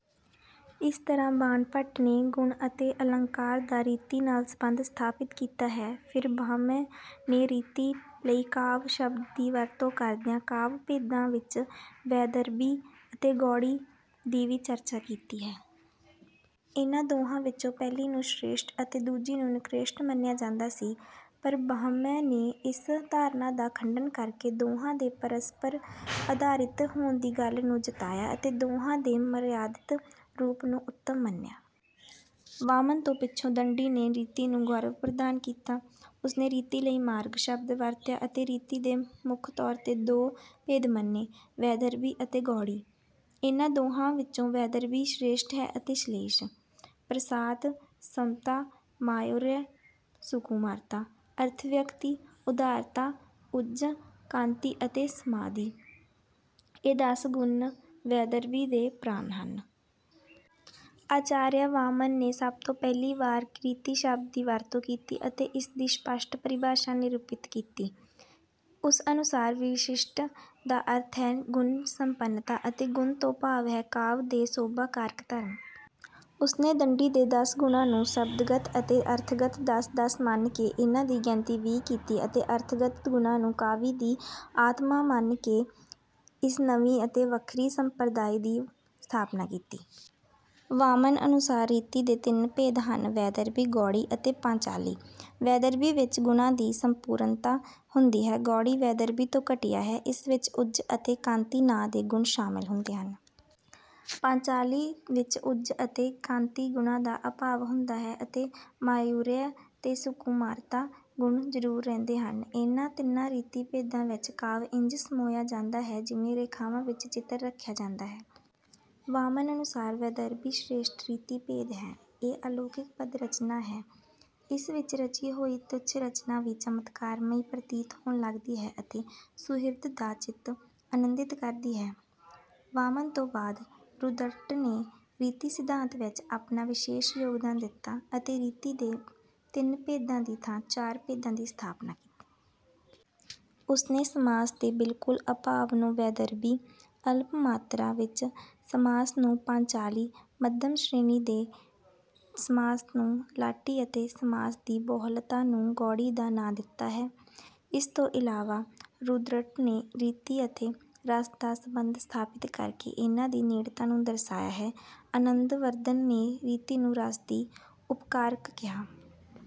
ਇਸ ਤਰ੍ਹਾਂ ਬਾਣਭੱਟ ਨੇ ਗੁਣ ਅਤੇ ਅਲੰਕਾਰ ਦਾ ਰੀਤੀ ਨਾਲ ਸਬੰਧ ਸਥਾਪਿਤ ਕੀਤਾ ਹੈ। ਫਿਰ ਭਾਮਹ ਨੇ ਰੀਤੀ ਲਈ ਕਾਵਿ ਸ਼ਬਦ ਦੀ ਵਰਤੋਂ ਕਰਦਿਆਂ ਕਾਵਿ ਭੇਦਾਂ ਵਿੱਚ ਵੈਦਰਭੀ ਅਤੇ ਗੌੜੀ ਦੀ ਵੀ ਚਰਚਾ ਕੀਤੀ ਹੈ। ਇਨ੍ਹਾਂ ਦੋਹਾਂ ਵਿੱਚੋਂ ਪਹਿਲੀ ਨੂੰ ਸ੍ਰੇਸ਼ਟ ਅਤੇ ਦੂਜੀ ਨੂੰ ਨਿਕ੍ਰਿਸ਼ਟ ਮੰਨਿਆ ਜਾਂਦਾ ਸੀ, ਪਰ ਭਾਮਹ ਨੇ ਇਸ ਧਾਰਨਾ ਦਾ ਖੰਡਨ ਕਰਕੇ ਦੋਹਾਂ ਦੇ ਪਰਸਪਰ ਅਧਾਰਿਤ ਹੋਣ ਦੀ ਗੱਲ ਨੂੰ ਜਤਾਇਆ ਅਤੇ ਦੋਹਾਂ ਦੇ ਮਰਯਾਦਿਤ ਰੂਪ ਨੂੰ ਉੱਤਮ ਮੰਨਿਆ। ਵਾਮਨ ਤੋਂ ਪਿੱਛੋਂ ਦੰਡੀ ਨੇ ਰੀਤੀ ਨੂੰ ਗੌਰਵ ਪ੍ਰਦਾਨ ਕੀਤਾ। ਉਸਨੇ ਰੀਤੀ ਲਈ 'ਮਾਰਗ' ਸ਼ਬਦ ਵਰਤਿਆ ਅਤੇ ਰੀਤੀ ਦੇ ਮੁੱਖ ਤੌਰ 'ਤੇ ਦੋ ਭੇਦ ਮੰਨੇ - ਵੈਦਰਭੀ ਅਤੇ ਗੌੜੀ। ਇਨ੍ਹਾਂ ਦੋਹਾਂ ਵਿੱਚੋਂ ਵੈਦਰਭੀ ਸ੍ਰੇਸ਼ਠ ਹੈ ਅਤੇ ਸ਼ਲੇਸ਼, ਪ੍ਰਸਾਦ, ਸਮਤਾ, ਮਾਧੁਰਯ, ਸੁਕੁਮਾਰਤਾ, ਅਰਥ-ਵਿਅਕਤੀ, ਉਦਾਰਤਾ, ਓਜ, ਕਾਂਤੀ ਅਤੇ ਸਮਾਧੀ ਇਹ ਦਸ ਗੁਣ ਵੈਦਰਭੀ ਦੇ ਪ੍ਰਾਣ ਹਨ। ਆਚਾਰੀਆ ਵਾਮਨ ਨੇ ਸਭ ਤੋਂ ਪਹਿਲੀ ਵਾਰ ਰੀਤੀ ਸ਼ਬਦ ਦੀ ਵਰਤੋਂ ਕੀਤੀ ਅਤੇ ਇਸ ਦੀ ਸਪੱਸ਼ਟ ਪਰਿਭਾਸ਼ਾ ਨਿਰੂਪਿਤ ਕੀਤੀ। ਉਸ ਅਨੁਸਾਰ ਵਿਸ਼ਿਸ਼ਟ ਦਾ ਅਰਥ ਹੈ ਗੁਣ-ਸੰਪੰਨਤਾ ਅਤੇ ਗੁਣ ਤੋਂ ਭਾਵ ਹੈ ਕਾਵਿ ਦੇ ਸ਼ੋਭਾ-ਕਾਰਕ ਧਰਮ। ਉਸਨੇ ਦੰਡੀ ਦੇ ਦਸ ਗੁਣਾਂ ਨੂੰ ਸ਼ਬਦਗਤ ਅਤੇ ਅਰਥਗਤ ਦਸ-ਦਸ ਮੰਨ ਕੇ ਇਨ੍ਹਾਂ ਦੀ ਗਿਣਤੀ ਵੀਹ ਕੀਤੀ ਅਤੇ ਅਰਥਗਤ ਗੁਣਾਂ ਨੂੰ ਕਾਵਿ ਦੀ ਆਤਮਾ ਮੰਨ ਕੇ ਇਸ ਨਵੀਂ ਅਤੇ ਵੱਖਰੀ ਸੰਪ੍ਰਦਾਇ ਦੀ ਸਥਾਪਨਾ ਕੀਤੀ। ਵਾਮਨ ਅਨੁਸਾਰ ਰੀਤੀ ਦੇ ਤਿੰਨ ਭੇਦ ਹਨ - ਵੈਦਰਭੀ, ਗੌੜੀ ਅਤੇ ਪਾਂਚਾਲੀ। ਵੈਦਰਭੀ ਵਿੱਚ ਗੁਣਾਂ ਦੀ ਸੰਪੂਰਨਤਾ ਹੁੰਦੀ ਹੈ। ਗੌੜੀ ਵੈਦਰਭੀ ਤੋਂ ਘਟੀਆ ਹੈ। ਇਸ ਵਿੱਚ ਓਜ ਅਤੇ ਕਾਂਤੀ ਨਾਂ ਦੇ ਗੁਣ ਸ਼ਾਮਲ ਹੁੰਦੇ ਹਨ। ਪਾਂਚਾਲੀ ਵਿੱਚ ਓਜ ਅਤੇ ਕਾਂਤੀ ਗੁਣਾਂ ਦਾ ਅਭਾਵ ਹੁੰਦਾ ਹੈ ਅਤੇ ਮਾਧੁਰਯ ਤੇ ਸੁਕੁਮਾਰਤਾ ਗੁਣ ਜ਼ਰੂਰ ਰਹਿੰਦੇ ਹਨ। ਇਨ੍ਹਾਂ ਤਿੰਨਾਂ ਰੀਤੀ ਭੇਦਾਂ ਵਿੱਚ ਕਾਵਿ ਇੰਜ ਸਮੋਇਆ ਜਾਂਦਾ ਹੈ ਜਿਵੇਂ ਰੇਖਾਵਾਂ ਵਿੱਚ ਚਿੱਤਰ ਰੱਖਿਆ ਜਾਂਦਾ ਹੈ। ਵਾਮਨ ਅਨੁਸਾਰ ਵੈਦਰਭੀ ਸ੍ਰੇਸ਼ਟ ਰੀਤੀ ਭੇਦ ਹੈ। ਇਹ ਅਲੌਕਿਕ ਪਦ-ਰਚਨਾ ਹੈ। ਇਸ ਵਿੱਚ ਰਚੀ ਹੋਈ ਤੁੱਛ ਰਚਨਾ ਵੀ ਚਮਤਕਾਰਮਈ ਪ੍ਰਤੀਤ ਹੋਣ ਲੱਗਦੀ ਹੈ ਅਤੇ ਸੁਹਿਰਦ ਦਾ ਚਿੱਤ ਆਨੰਦਿਤ ਕਰਦੀ ਹੈ। ਵਾਮਨ ਤੋਂ ਬਾਅਦ ਰੁਦ੍ਰਟ ਨੇ ਰੀਤੀ ਸਿਧਾਂਤ ਵਿੱਚ ਆਪਣਾ ਵਿਸ਼ੇਸ਼ ਯੋਗਦਾਨ ਦਿੱਤਾ ਅਤੇ ਰੀਤੀ ਦੇ ਤਿੰਨ ਭੇਦਾਂ ਦੀ ਥਾਂ ਚਾਰ ਭੇਦਾਂ ਦੀ ਸਥਾਪਨਾ ਕੀਤੀ। ਉਸਨੇ ਸਮਾਸ ਦੇ ਬਿਲਕੁਲ ਅਭਾਵ ਨੂੰ ਵੈਦਰਭੀ, ਅਲਪ ਮਾਤਰਾ ਵਿੱਚ ਸਮਾਸ ਨੂੰ ਪਾਂਚਾਲੀ, ਮੱਧਮ ਸ਼੍ਰੇਣੀ ਦੇ ਸਮਾਸ ਨੂੰ ਲਾਟੀ ਅਤੇ ਸਮਾਸ ਦੀ ਬਹੁਲਤਾ ਨੂੰ ਗੌੜੀ ਨਾਂ ਦਿੱਤਾ ਹੈ। ਇਸ ਤੋਂ ਇਲਾਵਾ ਰੁਦ੍ਰਟ ਨੇ ਰੀਤੀ ਅਤੇ ਰਸ ਦਾ ਸਬੰਧ ਸਥਾਪਿਤ ਕਰਕੇ ਇਨ੍ਹਾਂ ਦੀ ਨੇੜਤਾ ਨੂੰ ਦਰਸਾਇਆ ਹੈ। ਆਨੰਦਵਰਧਨ ਨੇ ਰੀਤੀ ਨੂੰ ਰਸ ਦੀ ਉਪਕਾਰਕ ਕਿਹਾ।